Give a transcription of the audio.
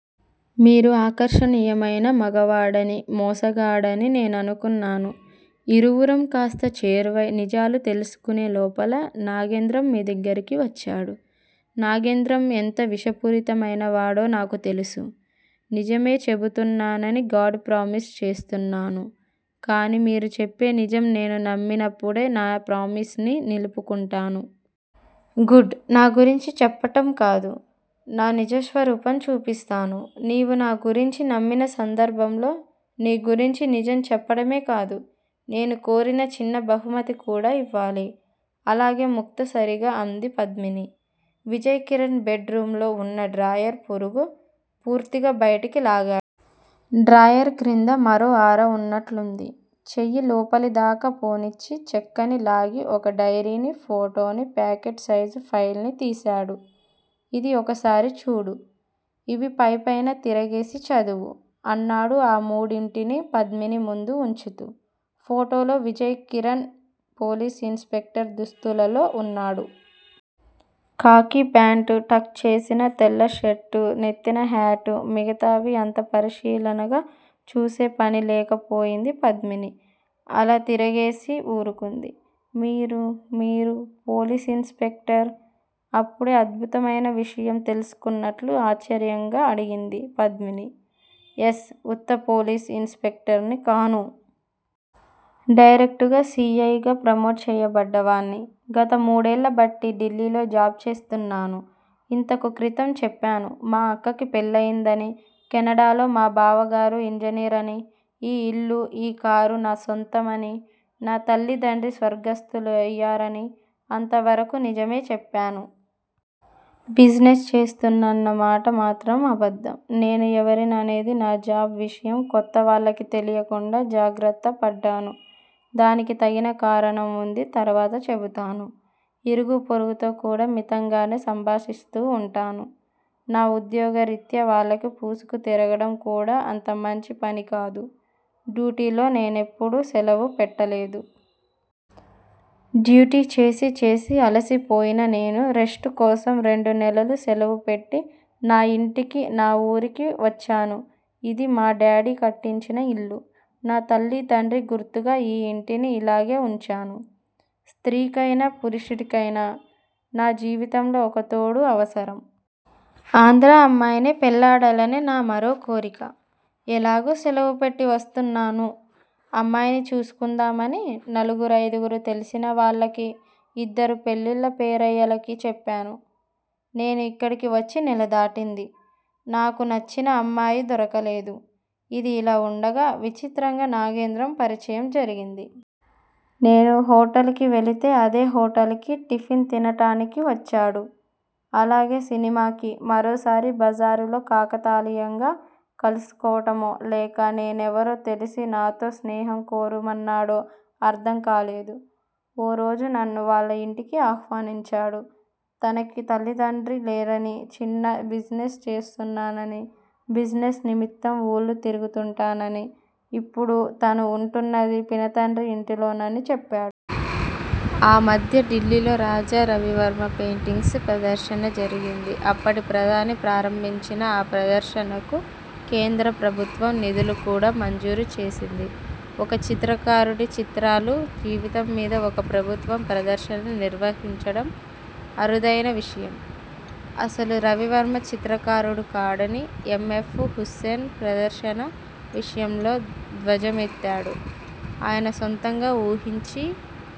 మీరు ఆకర్షణీయమైన మొగవాడని, మోసగాడని నేననుకున్నాను. ఇరువురం కాస్త చేరువై నిజాలు తెలుసుకునేలోపల నాగేంద్రం మీదగ్గరికి వచ్చాడు. నాగేంద్రం ఎంత విషపూరితమైనవాడో నాకు తెలుసు. నిజమే చెబుతానని గాడ్ ప్రామిస్ చేస్తున్నాను. కాని మీరు చెప్పే నిజం నేను నమ్మినప్పుడే నా ప్రామిస్ ని నిలుపుకుంటాను. గుడ్. నా గురించి చెప్పటం కాదు. నా నిజస్వరూపం చూపిస్తాను. నీవు నా గురించి నమ్మిన సందర్భంలో నీ గురించి నిజం చెప్పటమే కాదు. నేను కోరిన చిన్న బహుమతి కూడా యివ్వాలి. అలాగే ముక్తసరిగ అంది పద్మిని. విజయ్ కిరణ్ బెడ్ రూములో వున్న డ్రాయర్ పొరుగు పూర్తిగా బయటికి లాగాడు. డ్రాయర్ క్రింద మరో అర వున్నట్లుంది. చేయి లోపలిదాక పోనిచ్చి చెక్కని లాగి ఒక డైరీని ఫోటోని పాకెట్ సైజు ఫైల్ ని తీశాడు. ఇది ఒక్కసారి చూడు. ఇవి పైపైన తిరగేసి చదువు. అన్నాడు ఆ మూడింటిని పద్మిని ముందు వుంచుతూ. ఫోటోలో Vijay Kiran police inspector దుస్తులలో వున్నాడు. కాకీ ప్యాంటు టక్ చేసిన తెల్ల షర్టు నెత్తిన హ్యాటు మిగతావి అంత పరిశీలనగా చూసేపని లేకపోయింది పద్మిని. అలా తిరగేసి వూరుకుంది. మీరు మీరు పోలీసు ఇన్ స్పెక్టర్ అప్పుడే అద్భుతమైన విషయం తెలుసుకున్నట్లు ఆశ్చర్యంగా అడిగింది పద్మిని. ఎస్ ఉత్త పోలీసు ఇన్ స్పెక్టర్ ని కాను. డైరెక్టుగ సి. ఐ. గా ప్రమోట్ చేయబడ్డవాణ్ని. గతమూడేళ్ళబట్టి ఢిల్లీలో జాబ్ చేస్తున్నాను. ఇంతకు క్రితం చెప్పాను. మా అక్కకి పెళ్ళయిందని కెనడాలో మా బావగారు ఇంజనీర్ అని ఈ యిల్లు ఈ కారు నా సొంతం అని నా తల్లి తండ్రి స్వర్గస్తులయారని అంతవరకు నిజమే చెప్పాను. బిజినెస్ చేస్తున్నానన్నమాట మాత్రం అబద్ధం నేను ఎవరిననేది నా జాబ్ విషయం కొత్తవాళ్ళకి తెలియకుండా జాగ్రత్తపడ్డాను. దానికి తగిన కారణం వుంది తర్వాత చెబుతాను. ఇరుగు పొరుగుతో కూడా మితంగానే సంభాషిస్తూ వుంటాను. నా ఉద్యోగరీత్యా వాళ్ళనీ పూసుకు తిరగటం కూడా అంతమంచి పనికాదు. డ్యూటీలో నేనెప్పుడూ సెలవు పెట్టలేదు. డ్యూటీ చేసి చేసి అలసిపోయిన నేను రెస్టు కోసం రెండు నెలలు సెలవు పెట్టి నా యింటికి నా వూరు వచ్చాను. ఇది మా డాడీ కట్టించిన ఇల్లు. నా తల్లీ తండ్రి గుర్తుగా ఈ యింటిని ఇలాగే వుంచాను. స్త్రీకైనా పురుషుడికైనా నా జీవితంలో ఒకతోడు అవసరం. ఆంధ్రా అమ్మాయినే పెళ్ళాడాలని నా మరో కోరిక. ఎలాగూ శలవు పెట్టి వస్తున్నాను. అమ్మాయిని చూసుకుందామని నలుగురైదుగురు తెలిసిన వాళ్ళకి ఇద్దరు పెళ్ళిళ్ళ పేరయ్యలకి చెప్పాను. నేను ఇక్కడికి వచ్చి నెలదాటింది. నాకు నచ్చిన అమ్మాయి దొరకలేదు. ఇది యిలా వుండగా విచిత్రంగా నాగేంద్రం పరిచయం జరిగింది. నేను హోటల్ కి వెళితే అదే హోటల్ కి టిఫిన్ తినటానికి వచ్చాడు. అలాగే సినిమాకి. మరోసారి బజారులో కాకతాళీయంగా కలుసుకోటమో లేక నేనెవరో తెలిసి నాతో స్నేహం కోరుమన్నాడో అర్ధం కాలేదు. ఓరోజు నన్ను వాళ్ళ యింటికి ఆహ్వానించాడు. తనకి తల్లిదండ్రి లేరని చిన్న బిజినెస్ చేస్తున్నానని బిజినెస్ నిమిత్తం వూళ్ళు తిరుగుతుంటానని ఇప్పుడు తను వుంటున్నది పినతండ్రి ఇంటిలోనని చెప్పాడు. ఆ మధ్య ఢిల్లీలో రాజా రవివర్మ పెయింటింగ్స్ ప్రదర్శన జరిగింది. అప్పటి ప్రధాని ప్రారంభించిన ఆ ప్రదర్శనకు కేంద్ర ప్రభుత్వం నిధులు కూడా మంజూరు చేసింది. ఒక చిత్రకారుడి చిత్రాలు జీవితం మీద ఒక ప్రభుత్వం ప్రదర్శన నిర్వహించడం అరుదైన విషయం. అసలు రవివర్మ చిత్రకారుడు కాడని ఎమ్. ఎఫ్. హుస్సేన్ ప్రదర్శన విషయంలో ధ్వజం ఎత్తాడు. ఆయన సొంతంగా ఊహించి